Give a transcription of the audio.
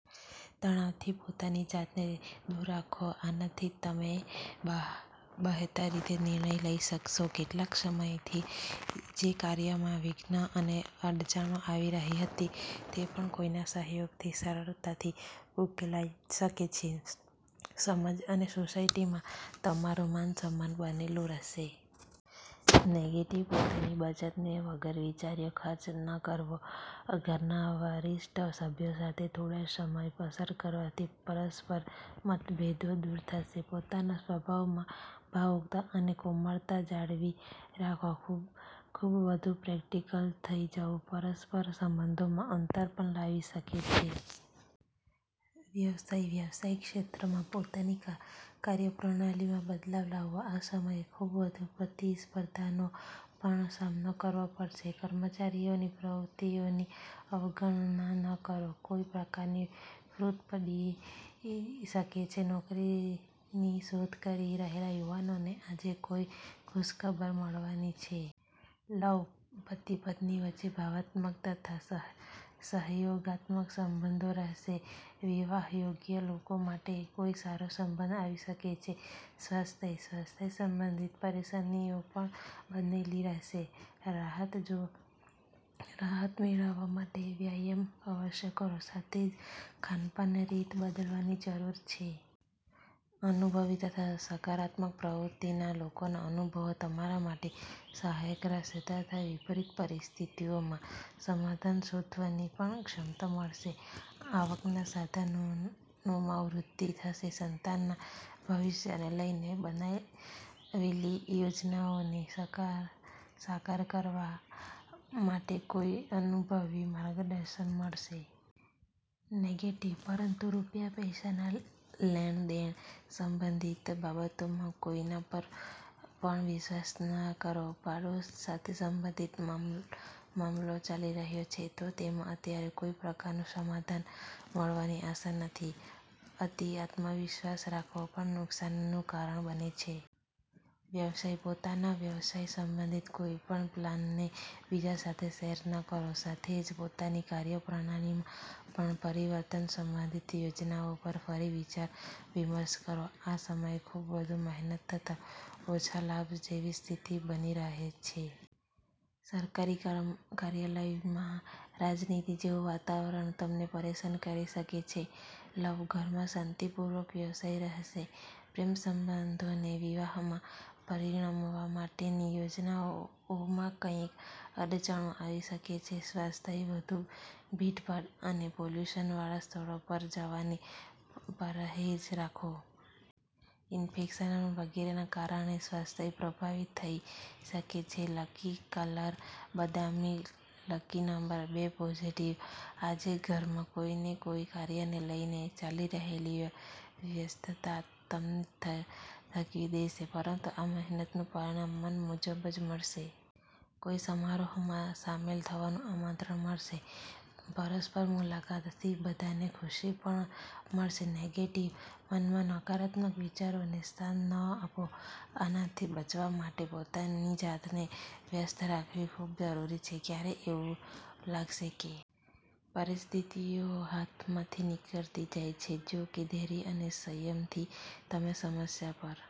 તણાવથી પોતાની જાતને દૂર રાખો, આનાથી તમે બહેતર રીતે નિર્ણય લઈ શકશો. કેટલાક સમયથી જે કાર્યોમાં વિઘ્ન અને અડચણો આવી રહી હતી, તે પણ કોઈના સહયોગથી સરળતાથી ઉકેલાઈ શકે છે. સમાજ અને સોસાયટીમાં તમારું માન-સન્માન બનેલું રહેશે. નેગેટિવ:- પોતાની બચતને વગર વિચાર્યે ખર્ચ ન કરો. ઘરના વરિષ્ઠ સભ્યો સાથે થોડો સમય પસાર કરવાથી પરસ્પર મતભેદો દૂર થશે. પોતાના સ્વભાવમાં ભાવુકતા અને કોમળતા જાળવી રાખો. ખૂબ વધુ પ્રેક્ટિકલ થઈ જવું પરસ્પર સંબંધોમાં અંતર પણ લાવી શકે છે. વ્યવસાય:- વ્યાવસાયિક ક્ષેત્રમાં પોતાની કાર્યપ્રણાલીમાં બદલાવ લાવો. આ સમયે ખૂબ વધુ પ્રતિસ્પર્ધાનો પણ સામનો કરવો પડશે. કર્મચારીઓની પ્રવૃત્તિઓની અવગણના ન કરો, કોઈ પ્રકારની ફૂટ પડી શકે છે. નોકરીની શોધ કરી રહેલા યુવાનોને આજે કોઈ ખુશખબર મળવાની છે. લવ:- પતિ-પત્ની વચ્ચે ભાવનાત્મક તથા સહયોગાત્મક સંબંધો રહેશે. વિવાહ યોગ્ય લોકો માટે કોઈ સારો સંબંધ આવી શકે છે. સ્વાસ્થ્ય:- સ્વાસ્થ્ય સંબંધિત પરેશાનીઓ પણ બનેલી રહેશે. રાહત મેળવવા માટે વ્યાયામ અવશ્ય કરો, સાથે જ ખાનપાનની રીત બદલવાની જરૂર છે. અનુભવી તથા સકારાત્મક પ્રવૃત્તિના લોકોના અનુભવો તમારા માટે સહાયક રહેશે તથા વિપરીત પરિસ્થિતિઓમાં સમાધાન શોધવાની પણ ક્ષમતા મળશે. આવકના સાધનોમાં વૃદ્ધિ થશે. સંતાનના ભવિષ્યને લઈને બનાવેલી યોજનાઓને સાકાર કરવા માટે કોઈ અનુભવીનું માર્ગદર્શન મળશે. નેગેટિવ:- પરંતુ રૂપિયા-પૈસાના લેણ-દેણ સંબંધિત બાબતોમાં કોઈના પર પણ વિશ્વાસ ન કરો. પાડોશ સાથે સંબંધિત મામલો ચાલી રહ્યો છે, તો તેમાં અત્યારે કોઈ પ્રકારનું સમાધાન મળવાની આશા નથી. અતિ આત્મવિશ્વાસ રાખવો પણ નુકસાનનું કારણ બને છે. વ્યવસાય:- પોતાના વ્યવસાય સંબંધિત કોઈ પણ પ્લાનને બીજા સાથે શેર ન કરો. સાથે જ પોતાની કાર્યપ્રણાલીમાં પણ પરિવર્તન સંબંધિત યોજનાઓ પર ફરી વિચાર-વિમર્શ કરો. આ સમયે ખૂબ વધુ મહેનત તથા ઓછા લાભ જેવી સ્થિતિ બની રહી છે. સરકારી કાર્યાલયમાં રાજનીતિ જેવું વાતાવરણ તમને પરેશાન કરી શકે છે. લવ:- ઘરમાં શાંતિપૂર્ણ વ્યવસ્થા રહેશે. પ્રેમ સંબંધોને વિવાહમાં પરિણમવા માટેની યોજનાઓમાં કંઈક અડચણો આવી શકે છે. સ્વાસ્થ્ય:- વધુ ભીડભાડ અને પોલ્યુશનવાળા સ્થળો પર જવાથી પરહેજ રાખો. ઈન્ફેક્શન વગેરેના કારણે સ્વાસ્થ્ય પ્રભાવિત થઈ શકે છે. લકી કલર- બદામી, લકી નંબર- બે. પોઝિટિવ:- આજે ઘરમાં કોઈ ને કોઈ કાર્યને લઈને ચાલી રહેલી વ્યસ્તતા તમને થકવી દેશે, પરંતુ આ મહેનતનું પરિણામ મન મુજબ જ મળશે. કોઈ સમારોહમાં સામેલ થવાનું આમંત્રણ મળશે, પરસ્પર મુલાકાતથી બધાને ખુશી પણ મળશે. નેગેટિવ:- મનમાં નકારાત્મક વિચારોને સ્થાન ન આપો. આનાથી બચવા માટે પોતાની જાતને વ્યસ્ત રાખવી ખૂબ જરૂરી છે. ક્યારેક એવું લાગશે કે પરિસ્થિતિઓ હાથમાંથી નીકળતી જાય છે, જોકે ધૈર્ય અને સંયમથી તમે સમસ્યા પર